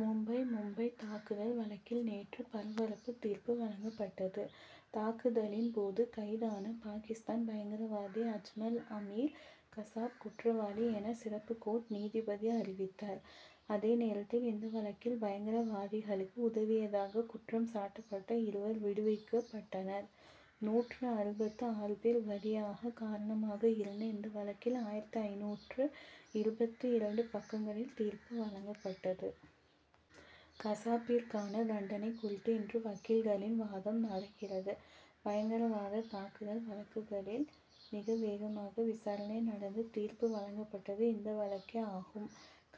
மும்பை மும்பைத் தாக்குதல் வழக்கில் நேற்று பரபரப்பு தீர்ப்பு வழங்கப்பட்டது. தாக்குதலின் போது கைதான பாகிஸ்தான் பயங்கரவாதி அஜ்மல் அமீர் கசாப் குற்றவாளி என சிறப்பு கோர்ட் நீதிபதி அறிவித்தார். அதே நேரத்தில் இந்த வழக்கில் பயங்கரவாதிகளுக்கு உதவியதாக குற்றம் சாட்டப்பட்ட இருவர் விடுவிக்கப்பட்டனர். நூற்று அறுபத்து ஆறு பேர் பலியாக காரணமாக இருந்த இந்த வழக்கில் ஆயிரத்து ஐந்நூற்று இருபத்து இரண்டு பக்கங்களில் தீர்ப்பு வழங்கப்பட்டது. கசாப்பிற்கான தண்டனை குறித்து இன்று வக்கீல்களின் வாதம் நடக்கிறது. பயங்கரவாத தாக்குதல் வழக்குகளில் மிக வேகமாக விசாரணை நடந்து தீர்ப்பு வழங்கப்பட்டது இந்த வழக்கே ஆகும்.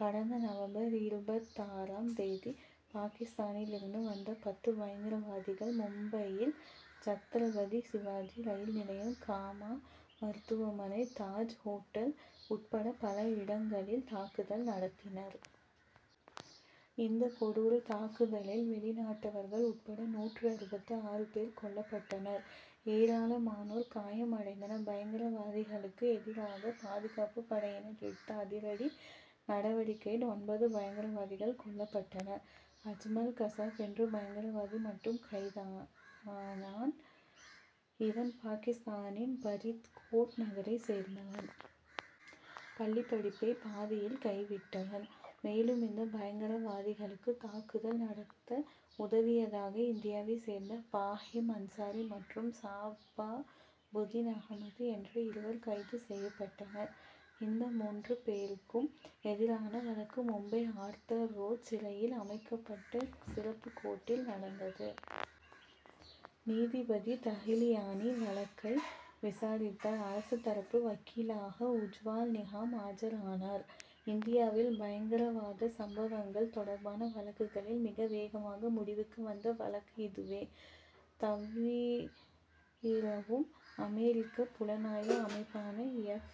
கடந்த நவம்பர் இருபத்தாறாம் தேதி பாகிஸ்தானிலிருந்து வந்த பத்து பயங்கரவாதிகள் மும்பையில் சத்ரபதி சிவாஜி ரயில் நிலையம் காமா மருத்துவமனை தாஜ் ஓட்டல் உட்பட பல இடங்களில் தாக்குதல் நடத்தினர். இந்தக் கொடூர தாக்குதலில் வெளிநாட்டவர்கள் உட்பட நூற்று அறுபத்து ஆறு பேர் கொல்லப்பட்டனர் ஏராளமானோர் காயம் அடைந்தனர். பயங்கரவாதிகளுக்கு எதிராக பாதுகாப்புப் படையினர் எடுத்த அதிரடி நடவடிக்கையில் ஒன்பது பயங்கரவாதிகள் கொல்லப்பட்டனர். அஜ்மல் கசாப் என்ற பயங்கரவாதி மட்டும் கைதானான். இவன் பாகிஸ்தானின் பரித்கோட் நகரைச் சேர்ந்தவன். பள்ளிப்படிப்பை பாதியில் கைவிட்டவன். மேலும் இந்த பயங்கரவாதிகளுக்கு தாக்குதல் நடத்த உதவியதாக இந்தியாவைச் சேர்ந்த பாஹீம் அன்சாரி மற்றும் சபாபுதீன் அகமது என்ற இருவர் கைது செய்யப்பட்டனர். இந்த மூன்று பேருக்கும் எதிரான வழக்கு மும்பை ஆர்தர் ரோடு சிறையில் அமைக்கப்பட்ட சிறப்பு கோர்ட்டில் நடந்தது. நீதிபதி தகிலியானி வழக்கை விசாரித்தார். அரசு தரப்பு வக்கீலாக உஜ்வால்நிகாம் ஆஜரானார். இந்தியாவில் பயங்கரவாத சம்பவங்கள் தொடர்பான வழக்குகளில் மிக வேகமாக முடிவுக்கு வந்த வழக்கு இதுவே. தவிரவும் அமெரிக்க புலனாய்வு அமைப்பான எப்.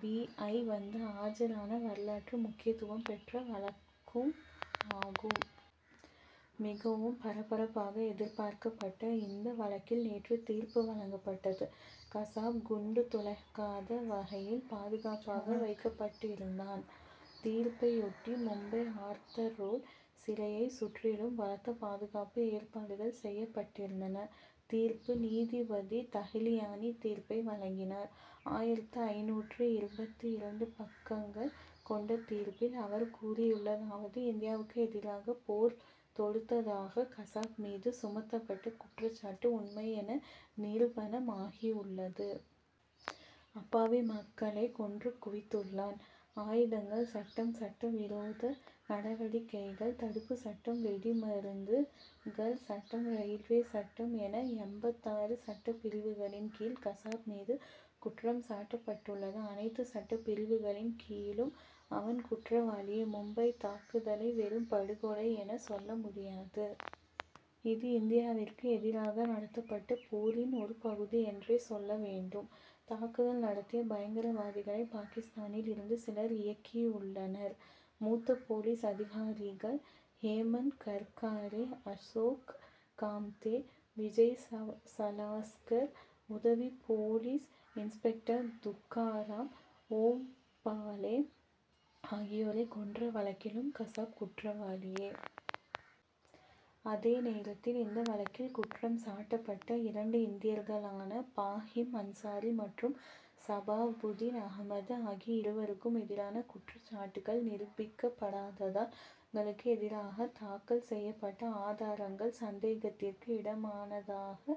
பி. ஐ. வந்து ஆஜரான வரலாற்று முக்கியத்துவம் பெற்ற வழக்கும் ஆகும். மிகவும் பரபரப்பாக எதிர்பார்க்கப்பட்ட இந்த வழக்கில் நேற்று தீர்ப்பு வழங்கப்பட்டது. கசாப் குண்டுதுளைக்காத வகையில் பாதுகாப்பாக வைக்கப்பட்டிருந்தான். தீர்ப்பையொட்டி மும்பை ஆர்தர்ரோடு சிறையைச் சுற்றிலும் பலத்த பாதுகாப்பு ஏற்பாடுகள் செய்யப்பட்டிருந்தன. தீர்ப்பு நீதிபதி தகிலியானி தீர்ப்பை வழங்கினார். ஆயிரத்து ஐந்நூற்று இருபத்து இரண்டு பக்கங்கள் கொண்ட தீர்ப்பில் அவர் கூறியுள்ளதாவது இந்தியாவுக்கு எதிராக போர் தொடுத்ததாக கசாப் மீது சுமத்தப்பட்ட குற்றச்சாட்டு உண்மை என நிரூபணமாகியுள்ளது. அப்பாவி மக்களை கொன்று குவித்துள்ளான். ஆயுதங்கள் சட்டம் சட்ட விரோத நடவடிக்கைகள் தடுப்புச் சட்டம் வெடிமருந்துகள் சட்டம் ரயில்வே சட்டம் என எண்பத்தாறு சட்டப் பிரிவுகளின் கீழ் கசாப் மீது குற்றம் சாட்டப்பட்டுள்ளது. அனைத்து சட்டப் பிரிவுகளின் கீழும் அவன் குற்றவாளியே. மும்பைத் தாக்குதலை வெறும் படுகொலை என சொல்ல முடியாது. இது இந்தியாவிற்கு எதிராக நடத்தப்பட்ட போரின் ஒரு பகுதி என்றே சொல்ல வேண்டும். தாக்குதல் நடத்திய பயங்கரவாதிகளை பாகிஸ்தானில் இருந்து சிலர் இயக்கியுள்ளனர். மூத்த போலீஸ் அதிகாரிகள் ஹேமந்த் கர்காரே அசோக் காம்தே விஜய் சலாஸ்கர் உதவி போலீஸ் இன்ஸ்பெக்டர் துக்காராம் ஓம்பாலே ஆகியோரை கொன்ற வழக்கிலும் கசாப் குற்றவாளியே. அதேநேரத்தில் இந்த வழக்கில் குற்றம் சாட்டப்பட்ட இரண்டு இந்தியர்களான பாஹீம் அன்சாரி மற்றும் சபாபுதீன் அகமது ஆகிய இருவருக்கும் எதிரான குற்றச்சாட்டுக்கள் நிரூபிக்கப்படாததால் அவர்களுக்கு எதிராக தாக்கல் செய்யப்பட்ட ஆதாரங்கள் சந்தேகத்திற்கு இடமானதாக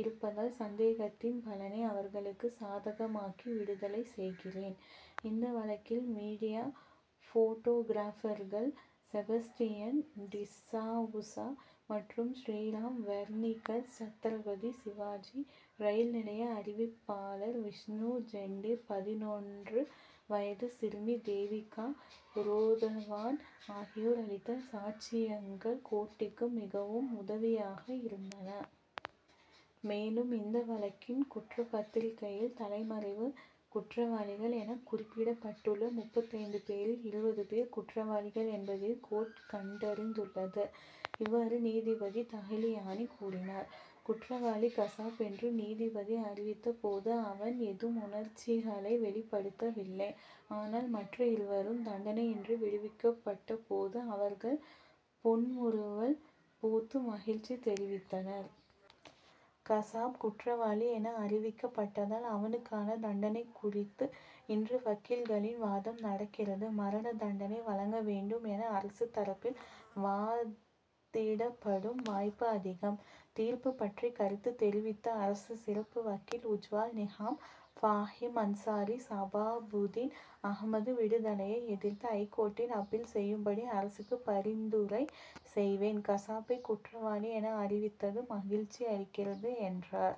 இருப்பதால் சந்தேகத்தின் பலனை அவர்களுக்கு சாதகமாக்கி விடுதலை செய்கிறேன். இந்த வழக்கில் மீடியா போட்டோகிராபர்கள் செபஸ்டியன் டிசவுசா மற்றும் ஸ்ரீராம் வெர்னீகர் சத்ரபதி சிவாஜி ரயில் நிலைய அறிவிப்பாளர் விஷ்ணு ஜெண்டே பதினொன்று வயது சிறுமி தேவிகா ரோதவான் ஆகியோர் அளித்த சாட்சியங்கள் கோர்ட்டிற்கு மிகவும் உதவியாக இருந்தன. மேலும் இந்த வழக்கின் குற்றப்பத்திரிகையில் தலைமறைவு குற்றவாளிகள் என குறிப்பிடப்பட்டுள்ள முப்பத்தைந்து பேரில் இருபது பேர் குற்றவாளிகள் என்பதையும் கோர்ட் கண்டறிந்துள்ளது. இவ்வாறு நீதிபதி தகிலியானி கூறினார். குற்றவாளி கசாப் என்று நீதிபதி அறிவித்த போது அவன் ஏதும் உணர்ச்சிகளை வெளிப்படுத்தவில்லை. ஆனால் மற்ற இருவரும் தண்டனையின்றி விடுவிக்கப்பட்ட போது அவர்கள் புன்முறுவல் பூத்து மகிழ்ச்சி தெரிவித்தனர். கசாப் குற்றவாளி என அறிவிக்கப்பட்டதால் அவனுக்கான தண்டனை குறித்து இன்று வக்கீல்களின் வாதம் நடக்கிறது. மரண தண்டனை வழங்க வேண்டும் என அரசு தரப்பில் வாதிடப்படும் வாய்ப்பு அதிகம். தீர்ப்பு பற்றி கருத்து தெரிவித்த அரசு சிறப்பு வக்கீல் உஜ்வால் நிகாம் பாஹீம் அன்சாரி சபாபுதீன் அகமது விடுதலையை எதிர்த்து ஐகோர்ட்டில் அப்பீல் செய்யும்படி அரசுக்கு பரிந்துரை செய்வேன். கசாப்பை குற்றவாளி என அறிவித்தது மகிழ்ச்சி அளிக்கிறது என்றார்.